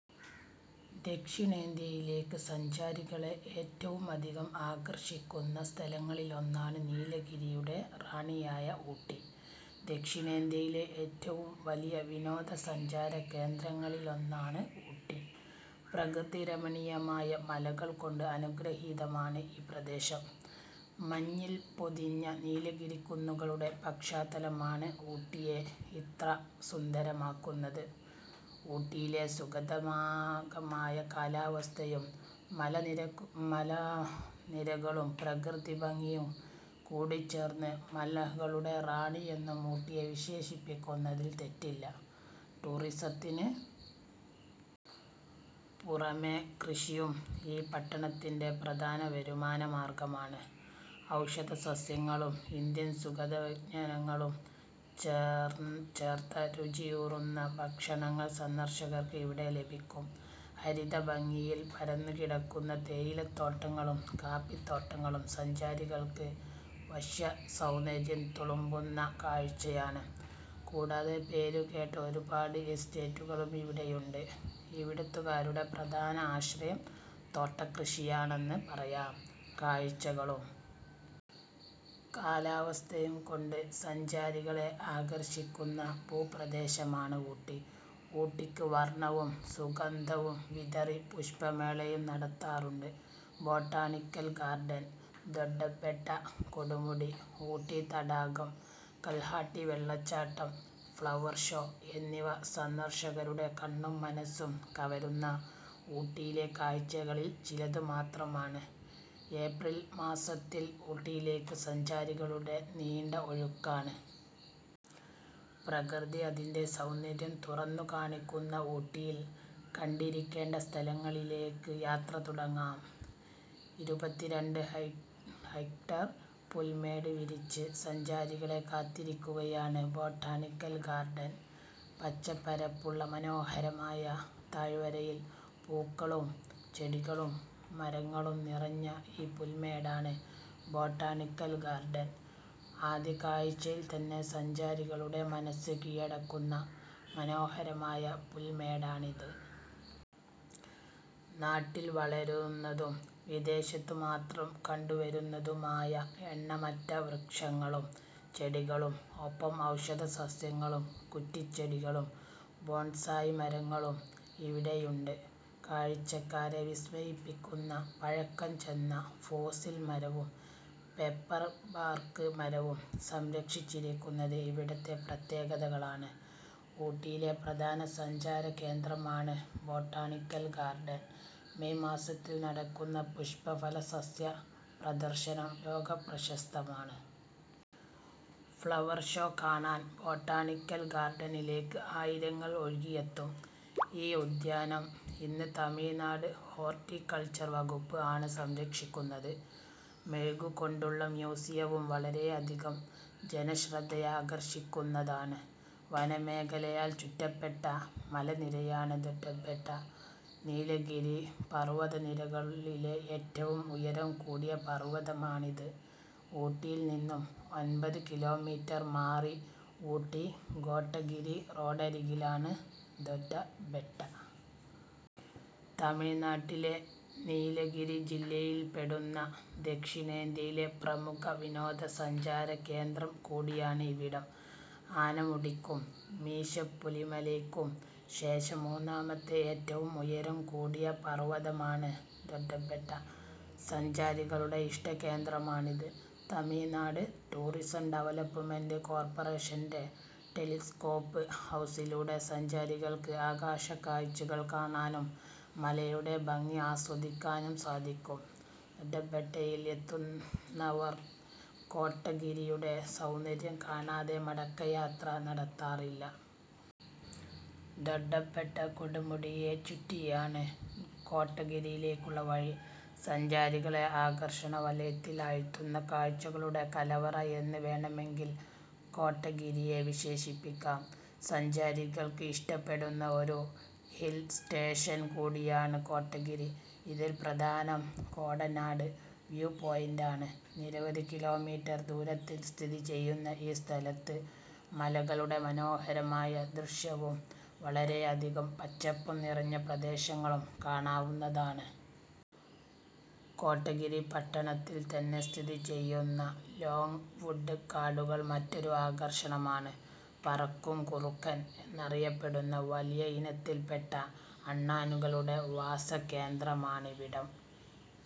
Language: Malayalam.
ദക്ഷിണേന്ത്യയിലേക്ക് സഞ്ചാരികളെ ഏറ്റവും അധികം ആകർഷിക്കുന്ന സ്ഥലങ്ങളിലൊന്നാണ് നീലഗിരിയുടെ റാണിയായ ഊട്ടി. ദക്ഷിണേന്ത്യയിലെ ഏറ്റവും വലിയ വിനോദസഞ്ചാരകേന്ദ്രങ്ങളിലൊന്നാണ് ഊട്ടി. പ്രകൃതിരമണീയമായ മലകൾ കൊണ്ട് അനുഗ്രഹീതമാണ് ഈ പ്രദേശം. മഞ്ഞിൽ പൊതിഞ്ഞ നീലഗിരിക്കുന്നുകളുടെ പശ്ചാത്തലമാണ് ഊട്ടിയെ ഇത്ര സുന്ദരമാക്കുന്നത്. ഊട്ടിയിലെ സുഖദായകമായ കാലാവസ്ഥയും മലനിരകളും പ്രകൃതിഭംഗിയും കൂടിച്ചേർന്ന് മലകളുടെ റാണി എന്നും ഊട്ടിയെ വിശേഷിപ്പിക്കുന്നതിൽ തെറ്റില്ല. ടൂറിസത്തിന് പുറമെ കൃഷിയും ഈ പട്ടണത്തിൻറെ പ്രധാന വരുമാനമാർഗമാണ്. ഔഷധസസ്യങ്ങളും ഇന്ത്യൻ സുഗന്ധവ്യഞ്ജനങ്ങളും ചേർത്ത രുചിയൂറുന്ന ഭക്ഷണങ്ങൾ സന്ദർശകർക്ക് ഇവിടെ ലഭിക്കും. ഹരിതഭംഗിയിൽ പരന്നുകിടക്കുന്ന തേയിലത്തോട്ടങ്ങളും കാപ്പിത്തോട്ടങ്ങളും സഞ്ചാരികൾക്ക് വശ്യസൗന്ദര്യം തുളുമ്പുന്ന കാഴ്ചയാണ്. കൂടാതെ പേരുകേട്ട ഒരുപാട് എസ്റ്റേറ്റുകളും ഇവിടെയുണ്ട്. ഇവിടുത്തുകാരുടെ പ്രധാന ആശ്രയം തോട്ടകൃഷിയാണെന്ന് പറയാം. കാഴ്ചകളും കാലാവസ്ഥയും കൊണ്ട് സഞ്ചാരികളെ ആകർഷിക്കുന്ന ഭൂപ്രദേശമാണ് ഊട്ടി. ഊട്ടിക്ക് വർണവും സുഗന്ധവും വിതറി പുഷ്പമേളയും നടത്താറുണ്ട്. ബൊട്ടാണിക്കൽ ഗാർഡൻ, ദൊഡ്ഡബെട്ട കൊടുമുടി, ഊട്ടി തടാകം, കൽഹാട്ടി വെള്ളച്ചാട്ടം, ഫ്ലവർ ഷോ എന്നിവ സന്ദർശകരുടെ കണ്ണും മനസ്സും കവരുന്ന ഊട്ടിയിലെ കാഴ്ചകളിൽ ചിലത് മാത്രമാണ്. ഏപ്രിൽ മാസത്തിൽ ഊട്ടിയിലേക്ക് സഞ്ചാരികളുടെ നീണ്ട ഒഴുക്കാണ്. പ്രകൃതി അതിൻറെ സൗന്ദര്യം തുറന്നുകാണിക്കുന്ന ഊട്ടിയിൽ കണ്ടിരിക്കേണ്ട സ്ഥലങ്ങളിലേക്ക് യാത്ര തുടങ്ങാം. ഇരുപത്തിരണ്ട് ഹെക്ടർ പുൽമേട് വിരിച്ച് സഞ്ചാരികളെ കാത്തിരിക്കുകയാണ് ബൊട്ടാണിക്കൽ ഗാർഡൻ. പച്ചപ്പരപ്പുള്ള മനോഹരമായ താഴ്വരയിൽ പൂക്കളും ചെടികളും മരങ്ങളും നിറഞ്ഞ ഈ പുൽമേടാണ് ബൊട്ടാണിക്കൽ ഗാർഡൻ. ആദ്യ കാഴ്ചയിൽ തന്നെ സഞ്ചാരികളുടെ മനസ്സ് കീഴടക്കുന്ന മനോഹരമായ പുൽമേടാണിത്. നാട്ടിൽ വളരുന്നതും വിദേശത്ത് മാത്രം കണ്ടുവരുന്നതുമായ എണ്ണമറ്റ വൃക്ഷങ്ങളും ചെടികളും ഒപ്പം ഔഷധസസ്യങ്ങളും കുറ്റിച്ചെടികളും ബോൺസായി മരങ്ങളും ഇവിടെയുണ്ട്. കാഴ്ചക്കാരെ വിസ്മയിപ്പിക്കുന്ന പഴക്കംചെന്ന ഫോസിൽ മരവും പേപ്പർ ബാർക്ക് മരവും സംരക്ഷിച്ചിരിക്കുന്നത് ഇവിടത്തെ പ്രത്യേകതകളാണ്. ഊട്ടിയിലെ പ്രധാന സഞ്ചാരകേന്ദ്രമാണ് ബൊട്ടാണിക്കൽ ഗാർഡൻ. മേയ് മാസത്തിൽ നടക്കുന്ന പുഷ്പഫല സസ്യ പ്രദർശനം ലോകപ്രശസ്തമാണ്. ഫ്ലവർ ഷോ കാണാൻ ബൊട്ടാണിക്കൽ ഗാർഡനിലേക്ക് ആയിരങ്ങൾ ഒഴുകിയെത്തും. ഈ ഉദ്യാനം ഇന്ന് തമിഴ്നാട് ഹോർട്ടികൾച്ചർ വകുപ്പ് ആണ് സംരക്ഷിക്കുന്നത്. മെഴുകുകൊണ്ടുള്ള മ്യൂസിയവും വളരെയധികം ജനശ്രദ്ധയാകർഷിക്കുന്നതാണ്. വനമേഖലയാൽ ചുറ്റപ്പെട്ട മലനിരയാണ് ദൊഡ്ഡബെട്ട. നീലഗിരി പർവതനിരകളിലെ ഏറ്റവും ഉയരം കൂടിയ പർവതമാണിത്. ഊട്ടിയിൽനിന്നും ഒൻപത് കിലോമീറ്റർ മാറി ഊട്ടി കോട്ടഗിരി റോഡരികിലാണ് ദൊഡ്ഡബെട്ട. തമിഴ്നാട്ടിലെ നീലഗിരി ജില്ലയിൽപ്പെടുന്ന ദക്ഷിണേന്ത്യയിലെ പ്രമുഖ വിനോദസഞ്ചാരകേന്ദ്രം കൂടിയാണ് ഇവിടം. ആനമുടിക്കും മീശപ്പുലിമലയ്ക്കും ശേഷം മൂന്നാമത്തെ ഏറ്റവും ഉയരം കൂടിയ പർവതമാണ് ദൊഡ്ഡബെട്ട. സഞ്ചാരികളുടെ ഇഷ്ടകേന്ദ്രമാണിത്. തമിഴ്നാട് ടൂറിസം ഡെവലപ്മെന്റ് കോർപ്പറേഷൻറെ ടെലിസ്കോപ്പ് ഹൗസിലൂടെ സഞ്ചാരികൾക്ക് ആകാശക്കാഴ്ചകൾ കാണാനും മലയുടെ ഭംഗി ആസ്വദിക്കാനും സാധിക്കും. ദൊഡ്ഡബെട്ടയിൽ എത്തുന്നവർ കോട്ടഗിരിയുടെ സൗന്ദര്യം കാണാതെ മടക്കയാത്ര നടത്താറില്ല. ദൊഡ്ഡബെട്ട കൊടുമുടിയെ ചുറ്റിയാണ് കോട്ടഗിരിയിലേക്കുള്ള വഴി. സഞ്ചാരികളെ ആകർഷണവലയത്തിലാഴ്ത്തുന്ന കാഴ്ചകളുടെ കലവറ എന്ന് വേണമെങ്കിൽ കോട്ടഗിരിയെ വിശേഷിപ്പിക്കാം. സഞ്ചാരികൾക്ക് ഇഷ്ടപ്പെടുന്ന ഒരു ഹിൽസ്റ്റേഷൻ കൂടിയാണ് കോട്ടഗിരി. ഇതിൽ പ്രധാനം കോടനാട് വ്യൂ പോയിന്റാണ്. നിരവധി കിലോമീറ്റർ ദൂരത്തിൽ സ്ഥിതി ചെയ്യുന്ന ഈ സ്ഥലത്ത് മലകളുടെ മനോഹരമായ ദൃശ്യവും വളരെയധികം പച്ചപ്പും നിറഞ്ഞ പ്രദേശങ്ങളും കാണാവുന്നതാണ്. കോട്ടഗിരി പട്ടണത്തിൽ തന്നെ സ്ഥിതി ചെയ്യുന്ന ലോങ്‌വുഡ് കാടുകൾ മറ്റൊരു ആകർഷണമാണ്. പറക്കും കുറുക്കൻ എന്നറിയപ്പെടുന്ന വലിയ ഇനത്തിൽപ്പെട്ട അണ്ണാനുകളുടെ വാസകേന്ദ്രമാണിവിടം.